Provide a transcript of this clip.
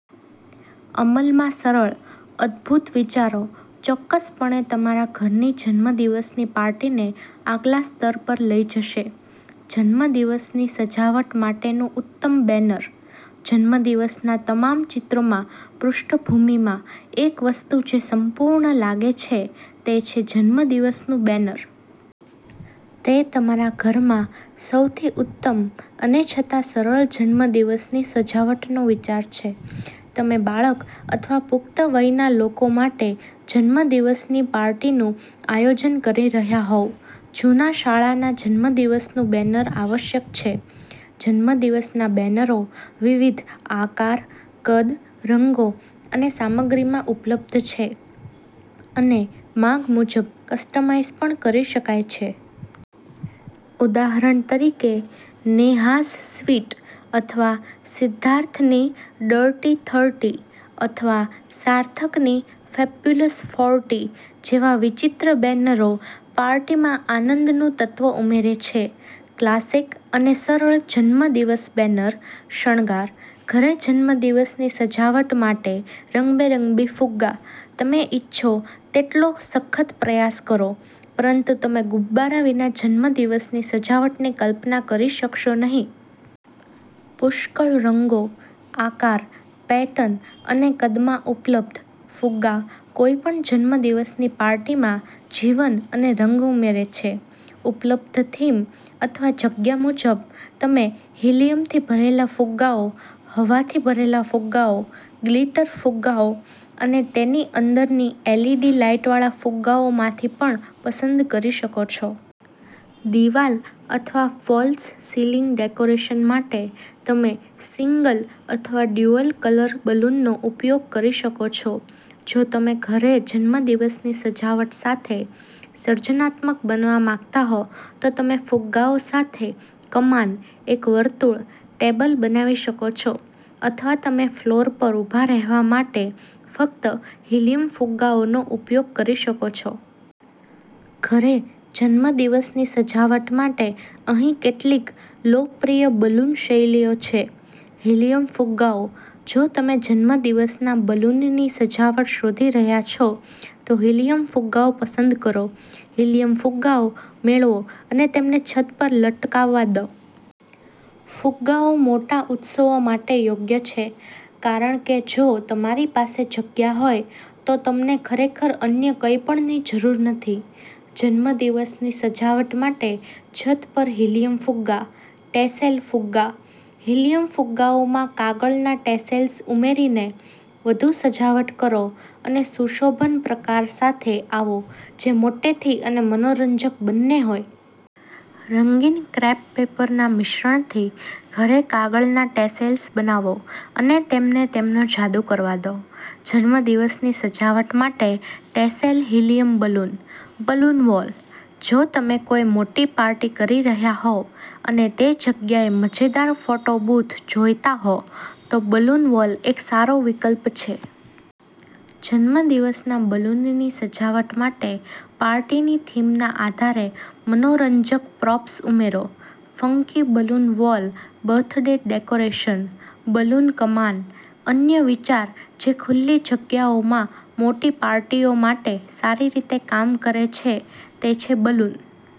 અમલમાં સરળ, અદ્ભુત વિચારો ચોક્કસપણે તમારા ઘરની જન્મદિવસની પાર્ટીને આગલા સ્તર પર લઈ જશે. જન્મદિવસની સજાવટ માટેનું ઉત્તમ બેનર. જન્મદિવસના તમામ ચિત્રોમાં પૃષ્ઠભૂમિમાં એક વસ્તુ જે સંપૂર્ણ લાગે છે તે છે જન્મદિવસનું બેનર. તે તમારા ઘર માટે સૌથી ઉત્તમ અને છતાં સરળ જન્મદિવસની સજાવટનો વિચાર છે. તમે બાળક અથવા પુખ્ત વયના લોકો માટે જન્મદિવસની પાર્ટીનું આયોજન કરી રહ્યાં હોવ, જૂના શાળાના જન્મદિવસનું બેનર આવશ્યક છે. જન્મદિવસના બેનરો વિવિધ આકાર, કદ, રંગો અને સામગ્રીમાં ઉપલબ્ધ છે અને માંગ મુજબ કસ્ટમાઇઝ પણ કરી શકાય છે. ઉદાહરણ તરીકે, 'નેહાઝ સ્વીટ' અથવા 'સિદ્ધાર્થની ડર્ટી થર્ટી' અથવા 'સાર્થકની ફેબ્યુલસ ફોર્ટી' જેવા વિચિત્ર બેનરો પાર્ટીમાં આનંદનું તત્વ ઉમેરે છે. ક્લાસિક અને સરળ 'જન્મદિવસ બેનર' શણગાર. ઘરે જન્મદિવસની સજાવટ માટે રંગબેરંગી ફુગ્ગા. તમે ઇચ્છો તેટલો સખત પ્રયાસ કરો, પરંતુ તમે ગુબ્બારા વિના જન્મદિવસની સજાવટની કલ્પના કરી શકશો નહીં. પુષ્કળ રંગો, આકાર, પેટર્ન અને કદમાં ઉપલબ્ધ, ફુગ્ગા કોઈપણ જન્મદિવસની પાર્ટીમાં જીવન અને રંગ ઉમેરે છે. ઉપલબ્ધ થીમ અથવા જગ્યા મુજબ, તમે હિલીયમથી ભરેલા ફુગ્ગાઓ, હવાથી ભરેલા ફુગ્ગાઓ, ગ્લિટર ફુગ્ગાઓ અને તેની અંદરની એલઇડી લાઇટવાળા ફુગ્ગાઓમાંથી પણ પસંદ કરી શકો છો. દિવાલ અથવા ફોલ્સ સીલિંગ ડેકોરેશન માટે, તમે સિંગલ અથવા ડ્યુઅલ કલર બલૂનનો ઉપયોગ કરી શકો છો. જો તમે ઘરે જન્મદિવસની સજાવટ સાથે સર્જનાત્મક બનવા માંગતા હો, તો તમે ફુગ્ગાઓ સાથે કમાન, એક વર્તુળ, ટેબલ બનાવી શકો છો અથવા તમે ફ્લોર પર ઊભા રહેવા માટે ફક્ત હિલીયમ ફુગ્ગાઓનો ઉપયોગ કરી શકો છો. ઘરે જન્મદિવસની સજાવટ માટે અહીં કેટલીક લોકપ્રિય બલૂન શૈલીઓ છે. હિલીયમ ફુગ્ગાઓ. જો તમે જન્મદિવસના બલૂનની સજાવટ શોધી રહ્યા છો, તો હિલીયમ ફુગ્ગાઓ પસંદ કરો. હિલીયમ ફુગ્ગાઓ મેળવો અને તેમને છત પર લટકાવવા દો. ફુગ્ગાઓ મોટા ઉત્સવો માટે યોગ્ય છે કારણ કે જો તમારી પાસે જગ્યા હોય તો તમને ખરેખર અન્ય કંઈપણની જરૂર નથી. જન્મદિવસની સજાવટ માટે છત પર હિલીયમ ફુગ્ગા. ટેસેલ ફુગ્ગા. હિલીયમ ફુગ્ગાઓમાં કાગળના ટેસેલ્સ ઉમેરીને વધુ સજાવટ કરો અને સુશોભન પ્રકાર સાથે આવો જે મોટેથી અને મનોરંજક બંને હોય. રંગીન ક્રેપ પેપરના મિશ્રણથી ઘરે કાગળના ટેસેલ્સ બનાવો અને તેમને તેમનો જાદુ કરવા દો. જન્મદિવસની સજાવટ માટે tassel helium balloon. Balloon wall. જો તમે કોઈ મોટી પાર્ટી કરી રહ્યા હોવ અને તે જગ્યાએ મજેદાર ફોટો બૂથ જોઈતા હો, તો બલૂન વોલ એક સારો વિકલ્પ છે. જન્મદિવસના બલૂનની સજાવટ માટે પાર્ટીની થીમના આધારે મનોરંજક પ્રોપ્સ ઉમેરો. Funky balloon wall birthday decoration. Balloon કમાન. અન્ય વિચાર જે ખુલ્લી જગ્યાઓમાં મોટી પાર્ટીઓ માટે સારી રીતે કામ કરે છે તે છે બલૂન